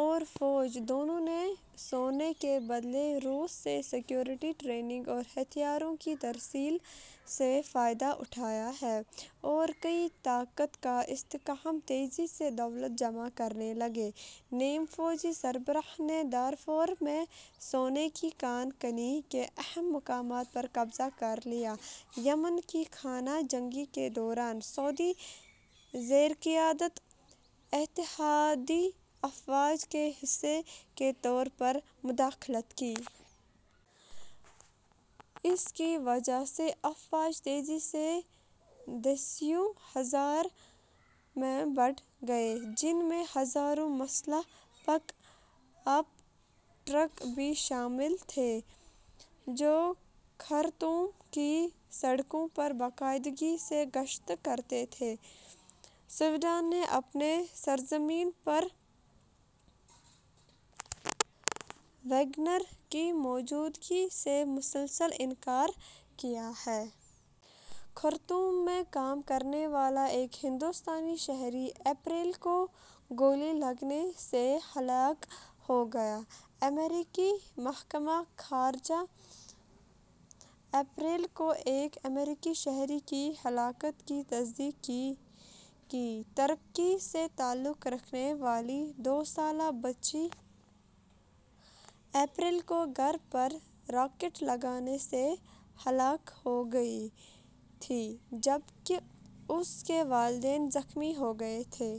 اور فوج دونوں نے سونے کے بدلے روس سے سیکورٹی ٹریننگ اور ہتھیاروں کی ترسیل سے فائدہ اٹھایا ہے۔ اور کی طاقت کا استحکام تیزی سے دولت جمع کرنے لگے، نیم فوجی سربراہ نے دارفور میں سونے کی کان کنی کے اہم مقامات پر قبضہ کر لیا، یمن کی خانہ جنگی کے دوران سعودی زیرقیادت اتحادی افواج کے حصے کے طور پر مداخلت کی۔ اس کی وجہ سے افواج تیزی سے دسیوں ہزار میں بڑھ گئیں، جن میں ہزاروں مسلح پک اپ ٹرک بھی شامل تھے، جو خرطوم کی سڑکوں پر باقاعدگی سے گشت کرتے تھے۔ سوڈان نے اپنی سرزمین پر ویگنر کی موجودگی سے مسلسل انکار کیا ہے۔ ۔ خرطوم میں کام کرنے والا ایک ہندوستانی شہری اپریل کو گولی لگنے سے ہلاک ہو گیا۔ امریکی محکمہ خارجہ نے اپریل کو ایک امریکی شہری کی ہلاکت کی تصدیق کی۔ ترکی سے تعلق رکھنے والی دو سالہ بچی اپریل کو گھر پر راکٹ لگنے سے ہلاک ہو گئی تھی جبکہ اس کے والدین زخمی ہو گئے تھے۔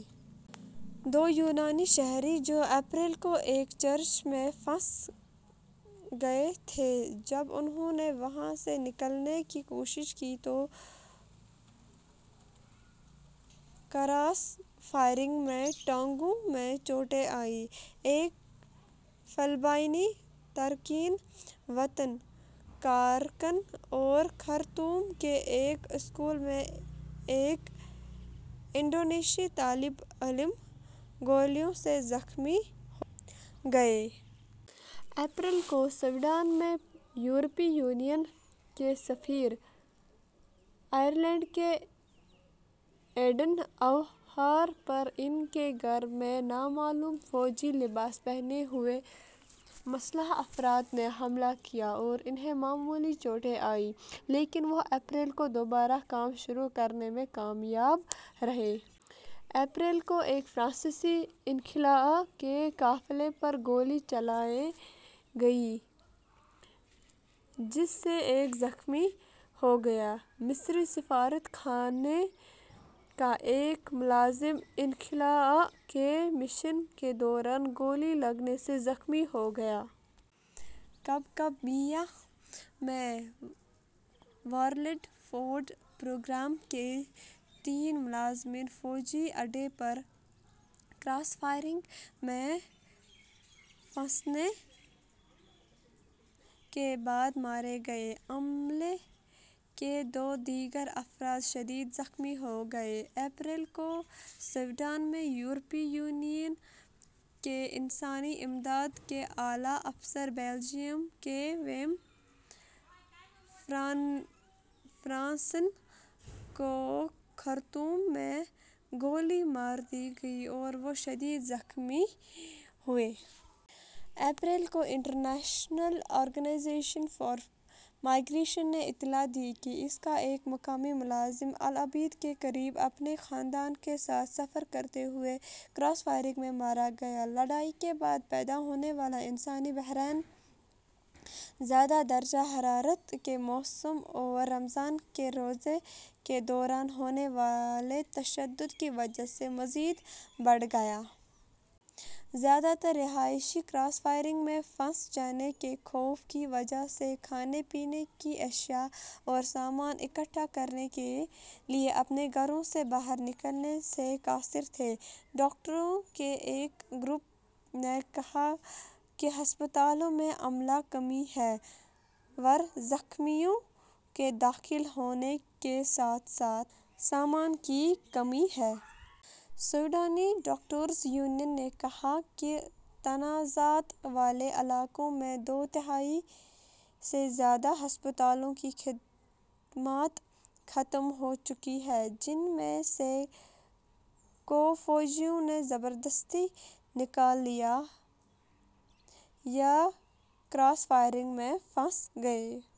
دو یونانی شہری جو اپریل کو ایک چرچ میں پھنس گئے تھے جب انھوں نے وہاں سے نکلنے کی کوشش کی تو کراس فائر میں ٹانگوں میں چوٹیں آئیں۔ ایک فلپائنی تارکین وطن کارکن اور خرطوم کے ایک اسکول میں ایک انڈونیشی طالب علم گولیوں سے زخمی ہو گئے۔ اپریل کو، سوڈان میں یورپی یونین کے سفیر، آئرلینڈ کے ایڈن اوہارا پر ان کے گھر میں نامعلوم "فوجی لباس پہنے ہوئے مسلح افراد" نے حملہ کیا اور انھیں معمولی چوٹیں آئیں لیکن وہ اپریل کو دوبارہ کام شروع کرنے میں کامیاب رہے۔ اپریل کو ایک فرانسیسی انخلاء کے قافلے پر گولی چلائی گئی جس سے ایک زخمی ہو گیا۔ مصری سفارت خانے کا ایک ملازم انخلاء کے مشن کے دوران گولی لگنے سے زخمی ہو گیا۔ کبکابیہ میں، ورلڈ فوڈ پروگرام کے تین ملازمین فوجی اڈے پر کراس فائر میں پھنسنے کے بعد مارے گئے۔ عملے کے دو دیگر افراد شدید زخمی ہو گئے۔ اپریل کو، سوڈان میں یورپی یونین کے انسانی امداد کے اعلیٰ افسر، بیلجیئم کے ویم فرانسن کو خرطوم میں گولی مار دی گئی اور وہ شدید زخمی ہوئے۔ اپریل کو، انٹرنیشنل آرگنائزیشن فار مائیگریشن نے اطلاع دی کہ اس کا ایک مقامی ملازم العبید کے قریب اپنے خاندان کے ساتھ سفر کرتے ہوئے کراس فائر میں مارا گیا۔ لڑائی کے بعد پیدا ہونے والا انسانی بحران زیادہ درجہ حرارت کے موسم اور رمضان کے روزے کے دوران ہونے والے تشدد کی وجہ سے مزید بڑھ گیا۔ زیادہ تر رہائشی کراس فائر میں پھنس جانے کے خوف کی وجہ سے کھانے پینے کی اشیاء اور سامان اکٹھا کرنے کے لیے اپنے گھروں سے باہر نکلنے سے قاصر تھے۔ ڈاکٹروں کے ایک گروپ نے کہا کہ ہسپتالوں میں عملہ کمی ہے اور زخمیوں کے داخل ہونے کے ساتھ ساتھ سامان کی کمی ہے۔ سوڈانی ڈاکٹرز یونین نے کہا کہ تنازعات والے علاقوں میں دو تہائی سے زیادہ ہسپتالوں کی خدمات ختم ہو چکی ہیں جن میں سے کو فوجیوں نے زبردستی نکال لیا یا کراس فائر میں پھنس گئے۔